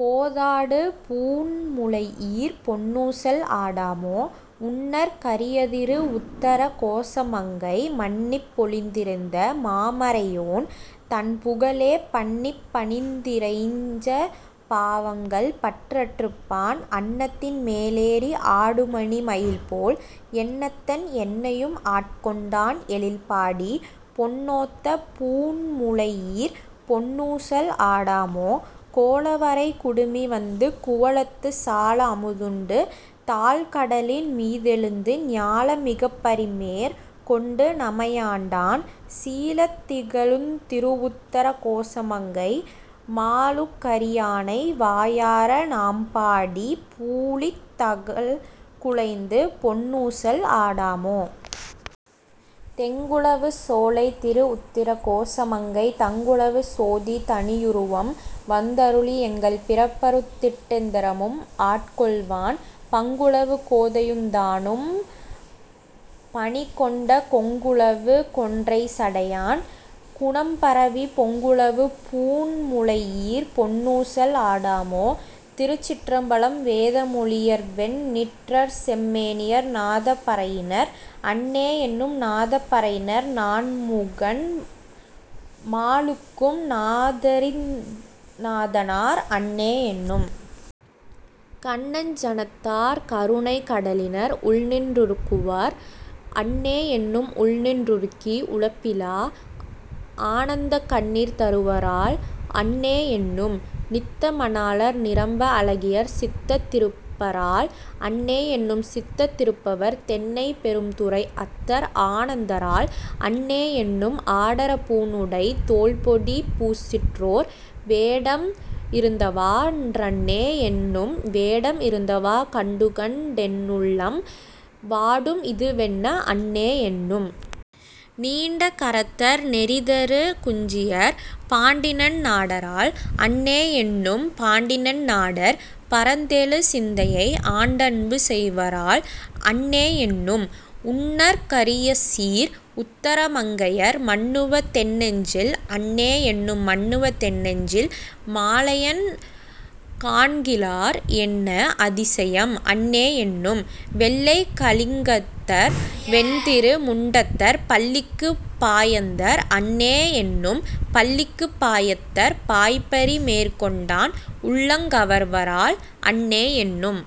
போதாடு பூண்முலையீர் பொன்னூசல் ஆடாமோ. உன்னற் கரியதிரு வுத்தர கோசமங்கை மன்னிப் பொலிந்திருந்த மாமறையோன் தன்புகழே பன்னிப் பணிந்திறைஞ்சப் பாவங்கள் பற்றறுப்பான் அன்னத்தின் மேலேறி ஆடுமணி மயில்போல் என்னத்தன் என்னையும் ஆட்கொண்டான் எழில்பாடிப் பொன்னொத்த பூண்முலையீர் பொன்னூசல் ஆடாமோ. கோலவரைக்குடுமி வந்து குவலத்துச் சால அமுதுண்டு தாழ்கடலின் மீதெழுந்து ஞால மிகப்பரிமேற் கொண்டு நமையாண்டான் சீலந் திகழுந் திருவுத்தர கோசமங்கை மாலுக் கரியானை வாயார நாம்பாடிப் பூலித் தகழ்குழைந்து பொன்னூசல் ஆடாமோ. தெங்குலவு சோலைத் திருஉத்தர கோசமங்கை தங்குலவு சோதித் தனியுருவம் வந்தருளி எங்கள் பிறப்பறுத்திட் டெந்தரமும் ஆட்கொள்வான் பங்குலவு கோதையுந் தானும் பணிகொண்ட கொங்குலவு கொன்றைச் சடையான் குணம்பரவிப் பொங்குலவு பூண்முலையீர் பொன்னூசல் ஆடாமோ. திருச்சிற்றம்பலம் வேத மொழியர்வெண் ணீற்றர்செம் மேனியர் நாதப் பறையினர் அன்னே என்னும் நாதப் பறையினர் நான்முகன் மாலுக்கும் நாதரிந் நாதனார் அன்னே என்னும். கண்ணஞ் சனத்தார் கருணைக் கடலினர் உள்நின் றுருக்குவர் அன்னே என்னும் உள்நின் றுருக்கி உலப்பிலா ஆனந்தக் கண்ணீர் தருவரால் அன்னே என்னும். நித்த மணாளர் நிரம்ப அழகியர் சித்தத் திருப்பரால் அன்னே என்னும் சித்தத் திருப்பவர் தென்னன் பெரும்துறை அத்தர்ஆ னந்தரால் அன்னே என்னும். ஆடரப் பூணுடைத் தோல்பொடிப் பூசிற்றோர் வேடம் இருந்தவா றன்னே என்னும் வேடம் இருந்தவா கண்டுகண் டென்னுள்ளம் வாடும் இதுவென்ன அன்னே என்னும். நீண்ட கரத்தர் நெறிதரு குஞ்சியர் பாண்டிநன் னாடரால் அன்னே என்னும் பாண்டிநன் னாடர் பரந்தெழு சிந்தையை ஆண்டன்பு செய்வரால் அன்னே என்னும். உன்னற் கரியசீர் உத்தர மங்கையர் மன்னுவ தென்நெஞ்சில் அன்னே என்னும் மன்னுவ தென்நெஞ்சில் மாலயன் காண்கிலார் என்ன அதியசம் அன்னே என்னும். வெள்ளைக் கலிங்கத்தர் வெண்திரு முண்டத்தர் பள்ளிக்குப் பாயந்தர் அன்னே என்னும் பள்ளிக்குப் பாயத்தர் பாய்பரி மேற்கொண்டான் உள்ளங் கவர்வரால் அன்னே என்னும்.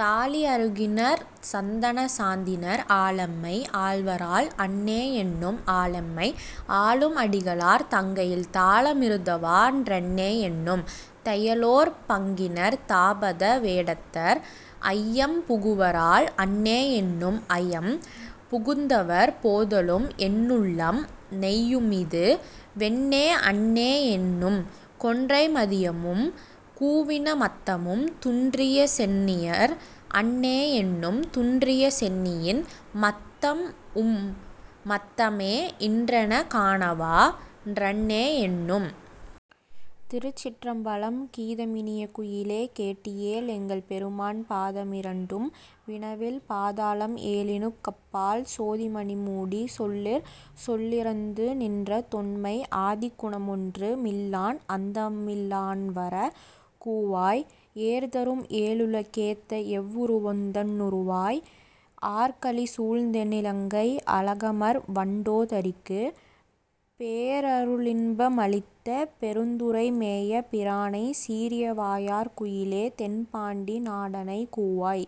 தாளி அறுகினர் சந்தனச் சாந்தினர் ஆளெம்மை ஆள்வரால் அன்னே என்னும் ஆளெம்மை ஆளும் அடிகளார் தங்கையில் தாள மிருந்தவா றன்னே என்னும். தையலோர் பங்கினர் தாபத வேடத்தர் ஐயம் புகுவரால் அன்னே என்னும் ஐயம் புகுந்தவர் போதலும் என்னுள்ளம் நையுமிது வென்னே அன்னே என்னும். கொன்றை மதியமும் கூவின மத்தமும் துன்றிய சென்னியர் அன்னே என்னும் துன்றிய சென்னியின் மத்தம்உன் மத்தமே இன்றெனக் கானவா றன்னே என்னும். திருச்சிற்றம்பலம் கீத மினிய குயிலே கேட்டியேல் எங்கள் பெருமான் பாத மிரண்டும் வினவில் பாதாளம் ஏழினுக் கப்பால் சோதி மணிமுடி சொல்லிற் சொல்லிறந்து நின்ற தொன்மை ஆதிகுண மொன்று மில்லான் அந்தமி லான்வரக் கூவாய். ஏர்தரும் ஏழுல கேத்த எவ்வுரு வுந்தன் னுருவாய் ஆர்கலி சூழ்தென் னிலங்கை அழகமர் வண்டோ தரிக்குப் பேரருளின்ப மளித்த பெருந்துறை மேய பிரானைச் சீரிய வாயாற் குயிலே தென்பாண்டி நாடனைக் கூவாய்.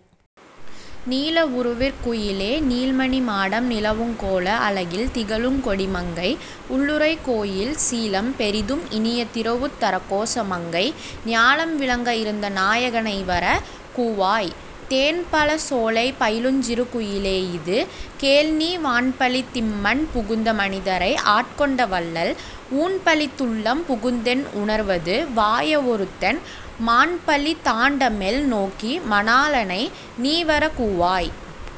நீல வுருவிற் குயிலே நீள்மணி மாடம் நிலாவுங் கோல அழகில் திகழுங் கொடிமங்கை உள்ளுறை கோயில் சீலம் பெரிதும் இனிய திருவுத் தரகோச மங்கை ஞாலம் விளங்க இருந்த நாயக னைவரக் கூவாய். தேன்பழச் சோலை பயிலுஞ் சிறுகுயி லேயிது கேள்நீ வான்பழித் திம்மண் புகுந்து மனிதரை ஆட்கொண்ட வள்ளல் ஊன்பழித் துள்ளம் புகுந்தென் உணர்வது வாய வொருத்தன் மான்பழித் தாண்டமெல் நோக்கி மணாளனை நீவரக் கூவாய்.